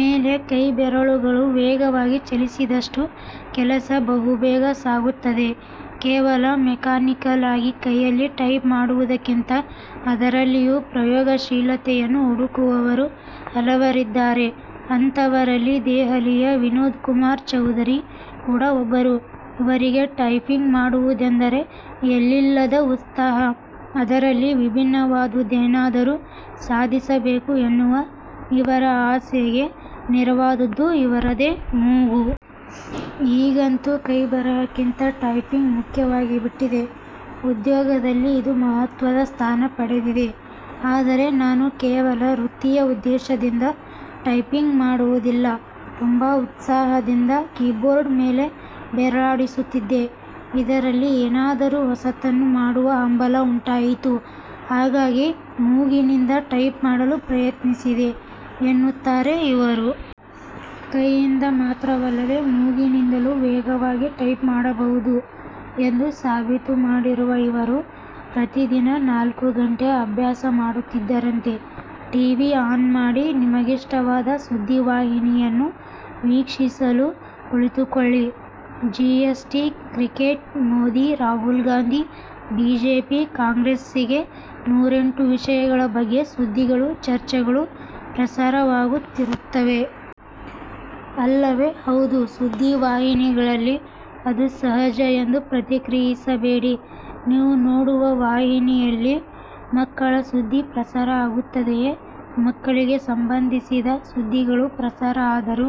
ಮೇಲೆ ಕೈ ಬೆರಳುಗಳು ವೇಗವಾಗಿ ಚಲಿಸಿದಷ್ಟು ಕೆಲಸ ಬಹುಬೇಗ ಸಾಗುತ್ತದೆ. ಕೇವಲ ಮೆಕಾನಿಕಲ್ ಆಗಿ ಕೈಯಲ್ಲಿ ಟೈಪ್ ಮಾಡುವುದಕ್ಕಿಂತ ಅದರಲ್ಲಿಯೂ ಪ್ರಯೋಗಶೀಲತೆಯನ್ನು ಹುಡುಕುವವರು ಹಲವರಿದ್ದಾರೆ. ಅಂತವರಲ್ಲಿ ದೆಹಲಿಯ ವಿನೋದ್ ಕುಮಾರ್ ಚೌಧರಿ ಕೂಡ ಒಬ್ಬರು. ಇವರಿಗೆ ಟೈಪಿಂಗ್ ಮಾಡುವುದೆಂದರೆ ಎಲ್ಲಿಲ್ಲದ ಉತ್ಸಾಹ. ಅದರಲ್ಲಿ ವಿಭಿನ್ನವಾದುದ್ದೇನಾದರೂ ಸಾಧಿಸಬೇಕು ಎನ್ನುವ ಇವರ ಆಸೆಗೆ ನೆರವಾದ್ದದ್ದು ಇವರದೇ ಮೂಗು. 'ಈಗಂತೂ ಕೈಬರಹಕ್ಕಿಂತ ಟೈಪಿಂಗ್ ಮುಖ್ಯವಾಗಿಬಿಟ್ಟಿದೆ. ಉದ್ಯೋಗದಲ್ಲಿ ಇದು ಮಹತ್ವದ ಸ್ಥಾನ ಪಡೆದಿದೆ. ಆದರೆ ನಾನು ಕೇವಲ ವೃತ್ತಿಯ ಉದ್ದೇಶದಿಂದ ಟೈಪಿಂಗ್ ಮಾಡುವುದಿಲ್ಲ. ತುಂಬಾ ಉತ್ಸಾಹದಿಂದ ಕೀಬೋರ್ಡ್ ಮೇಲೆ ಬೆರಳಾಡಿಸುತ್ತಿದ್ದೆ. ಇದರಲ್ಲಿ ಏನಾದರೂ ಹೊಸತನ್ನು ಮಾಡುವ ಹಂಬಲ ಉಂಟಾಯಿತು. ಹಾಗಾಗಿ ಮೂಗಿನಿಂದ ಟೈಪ್ ಮಾಡಲು ಪ್ರಯತ್ನಿಸಿದೆ' ಎನ್ನುತ್ತಾರೆ ಇವರು. ಕೈಯಿಂದ ಮಾತ್ರವಲ್ಲದೇ ಮೂಗಿನಿಂದಲೂ ವೇಗವಾಗಿ ಟೈಪ್ ಮಾಡಬಹುದು ಎಂದು ಸಾಬೀತು ಮಾಡಿರುವ ಇವರು ಪ್ರತಿದಿನ ನಾಲ್ಕು ಗಂಟೆ ಅಭ್ಯಾಸ ಮಾಡುತ್ತಿದ್ದರಂತೆ. ಟಿ. ವಿ. ಆನ್ ಮಾಡಿ. ನಿಮಗಿಷ್ಟವಾದ ಸುದ್ದಿ ವಾಹಿನಿಯನ್ನು ವೀಕ್ಷಿಸಲು ಕುಳಿತುಕೊಳ್ಳಿ. GST, cricket, Modi, Rahul Gandhi, BJP, ಕಾಂಗ್ರೆಸ್ಹೀಗೆ ನೂರೆಂಟು ವಿಷಯಗಳ ಬಗ್ಗೆ ಸುದ್ದಿಗಳು, ಚರ್ಚೆಗಳು ಪ್ರಸಾರವಾಗುತ್ತಿರುತ್ತವೆ. ಅಲ್ಲವೇ? 'ಹೌದು, ಸುದ್ದಿ ವಾಹಿನಿಗಳಲ್ಲಿ ಅದು ಸಹಜ' ಎಂದು ಪ್ರತಿಕ್ರಿಯಿಸಬೇಡಿ. ನೀವು ನೋಡುವ ವಾಹಿನಿಯಲ್ಲಿ ಮಕ್ಕಳ ಸುದ್ದಿ ಪ್ರಸಾರ ಆಗುತ್ತದೆಯೇ? ಮಕ್ಕಳಿಗೆ ಸಂಬಂಧಿಸಿದ ಸುದ್ದಿಗಳು ಪ್ರಸಾರ ಆದರೂ,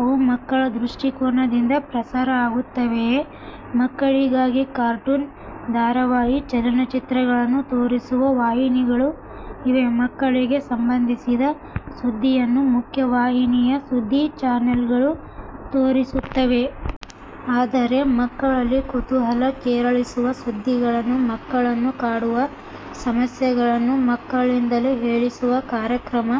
ಅವು ಮಕ್ಕಳ ದೃಷ್ಟಿಕೋನದಿಂದ ಪ್ರಸಾರ ಆಗುತ್ತವೆಯೇ? ಮಕ್ಕಳಿಗಾಗಿ ಕಾರ್ಟೂನ್ ಧಾರಾವಾಹಿ, ಚಲನಚಿತ್ರಗಳನ್ನು ತೋರಿಸುವ ವಾಹಿನಿಗಳು ಇವೆ. ಮಕ್ಕಳಿಗೆ ಸಂಬಂಧಿಸಿದ ಸುದ್ದಿಯನ್ನು ಮುಖ್ಯವಾಹಿನಿಯ ಸುದ್ದಿ ಚಾನೆಲ್ಗಳೂ ತೋರಿಸುತ್ತವೆ. ಆದರೆ, ಮಕ್ಕಳಲ್ಲಿ ಕುತೂಹಲ ಕೆರಳಿಸುವ ಸುದ್ದಿಗಳನ್ನು, ಮಕ್ಕಳನ್ನು ಕಾಡುವ ಸಮಸ್ಯೆಗಳನ್ನು ಮಕ್ಕಳಿಂದಲೇ ಹೇಳಿಸುವ ಕಾರ್ಯಕ್ರಮ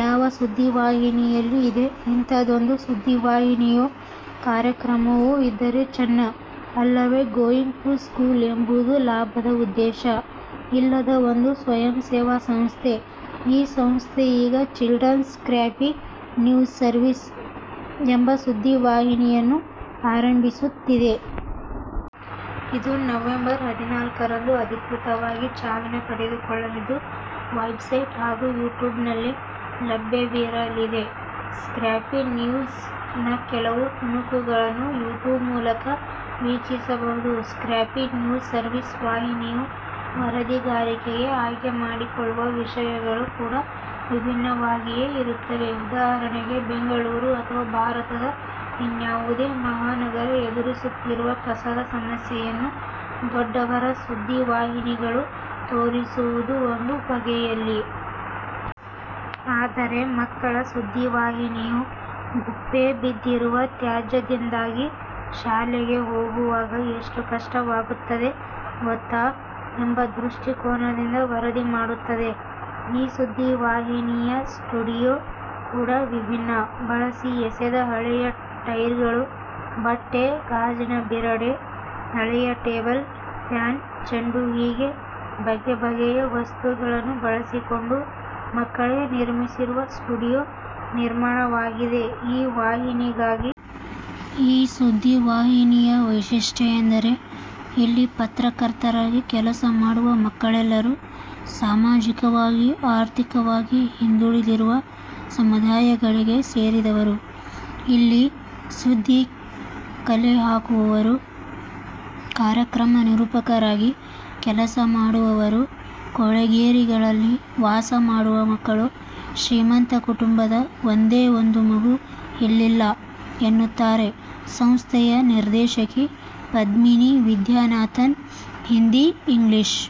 ಯಾವ ಸುದ್ದಿವಾಹಿನಿಯಲ್ಲಿ ಇದೆ? ಇಂಥದ್ದೊಂದು ಸುದ್ದಿ ವಾಹಿನಿಯೋ ಕಾರ್ಯಕ್ರಮವೋ ಇದ್ದರೆ ಚೆನ್ನ, ಅಲ್ಲವೇ 'ಗೋಯಿಂಗ್ ಟು ಸ್ಕೂಲ್' ಎಂಬುದು ಲಾಭದ ಉದ್ದೇಶ ಇಲ್ಲದ ಒಂದು ಸ್ವಯಂಸೇವಾ ಸಂಸ್ಥೆ. ಈ ಸಂಸ್ಥೆ ಈಗ 'ಚಿಲ್ಡ್ರನ್ಸ್ ಸ್ಕ್ರ್ಯಾಪಿ ನ್ಯೂಸ್ ಸರ್ವಿಸ್' ಎಂಬ ಸುದ್ದಿ ವಾಹಿನಿಯನ್ನು ಆರಂಭಿಸುತ್ತಿದೆ. ಇದು ನವೆಂಬರ್ ಹದಿನಾಲ್ಕರಂದು ಅಧಿಕೃತವಾಗಿ ಚಾಲನೆ ಪಡೆದುಕೊಳ್ಳಲಿದ್ದು ವೆಬ್ಸೈಟ್ ಹಾಗೂ ಯೂಟ್ಯೂಬ್ನಲ್ಲಿ ಲಭ್ಯವಿರಲಿದೆ. 'ಸ್ಕ್ರ್ಯಾಪಿ ನ್ಯೂಸ್'ನ ಕೆಲವು ತುಣುಕುಗಳನ್ನು ಯೂಟ್ಯೂಬ್ ಮೂಲಕ ವೀಕ್ಷಿಸಬಹುದು ಸ್ಕ್ರ್ಯಾಪಿ ನ್ಯೂಸ್ ಸರ್ವಿಸ್ ವಾಹಿನಿಯು ವರದಿಗಾರಿಕೆಗೆ ಆಯ್ಕೆ ಮಾಡಿಕೊಳ್ಳುವ ವಿಷಯಗಳು ಕೂಡ ವಿಭಿನ್ನವಾಗಿಯೇ ಇರುತ್ತವೆ. ಉದಾಹರಣೆಗೆ ಬೆಂಗಳೂರು ಅಥವಾ ಭಾರತದ ಇನ್ಯಾವುದೇ ಮಹಾನಗರ ಎದುರಿಸುತ್ತಿರುವ ಕಸದ ಸಮಸ್ಯೆಯನ್ನು ದೊಡ್ಡವರ ಸುದ್ದಿ ವಾಹಿನಿಗಳು ತೋರಿಸುವುದು ಒಂದು ಬಗೆಯಲ್ಲಿ. ಆದರೆ, ಮಕ್ಕಳ ಸುದ್ದಿವಾಹಿನಿಯು, 'ಗುಪ್ಪೆ ಬಿದ್ದಿರುವ ತ್ಯಾಜ್ಯದಿಂದಾಗಿ ಶಾಲೆಗೆ ಹೋಗುವಾಗ ಎಷ್ಟು ಕಷ್ಟವಾಗುತ್ತದೆ ಗೊತ್ತಾ' ಎಂಬ ದೃಷ್ಟಿಕೋನದಿಂದ ವರದಿ ಮಾಡುತ್ತದೆ. ಈ ಸುದ್ದಿ ವಾಹಿನಿಯ ಸ್ಟುಡಿಯೋ ಕೂಡ ವಿಭಿನ್ನ. ಬಳಸಿ ಎಸೆದ ಹಳೆಯ ಟೈರ್ಗಳು, ಬಟ್ಟೆ, ಗಾಜಿನ ಬಿರಡೆ, ಹಳೆಯ ಟೇಬಲ್ ಫ್ಯಾನ್, ಚೆಂಡುಹೀಗೆ ಬಗೆ ಬಗೆಯ ವಸ್ತುಗಳನ್ನು ಬಳಸಿಕೊಂಡು ಮಕ್ಕಳೇ ನಿರ್ಮಿಸಿರುವ ಸ್ಟುಡಿಯೋ ನಿರ್ಮಾಣವಾಗಿದೆ ಈ ವಾಹಿನಿಗಾಗಿ. ಈ ಸುದ್ದಿ ವಾಹಿನಿಯ ವೈಶಿಷ್ಟ್ಯ ಎಂದರೆ, ಇಲ್ಲಿ ಪತ್ರಕರ್ತರಾಗಿ ಕೆಲಸ ಮಾಡುವ ಮಕ್ಕಳೆಲ್ಲರೂ ಸಾಮಾಜಿಕವಾಗಿ, ಆರ್ಥಿಕವಾಗಿ ಹಿಂದುಳಿದಿರುವ ಸಮುದಾಯಗಳಿಗೆ ಸೇರಿದವರು. 'ಇಲ್ಲಿ ಸುದ್ದಿ ಕಲೆ ಹಾಕುವವರು, ಕಾರ್ಯಕ್ರಮ ನಿರೂಪಕರಾಗಿ ಕೆಲಸ ಮಾಡುವವರು ಕೊಳೆಗೇರಿಗಳಲ್ಲಿ ವಾಸ ಮಾಡುವ ಮಕ್ಕಳು. ಶ್ರೀಮಂತ ಕುಟುಂಬದ ಒಂದೇ ಒಂದು ಮಗು ಇಲ್ಲಿಲ್ಲ' ಎನ್ನುತ್ತಾರೆ ಸಂಸ್ಥೆಯ ನಿರ್ದೇಶಕಿ ಪದ್ಮಿನಿ ವಿದ್ಯಾನಾಥನ್. 'ಹಿಂದಿ, ಇಂಗ್ಲಿಷ್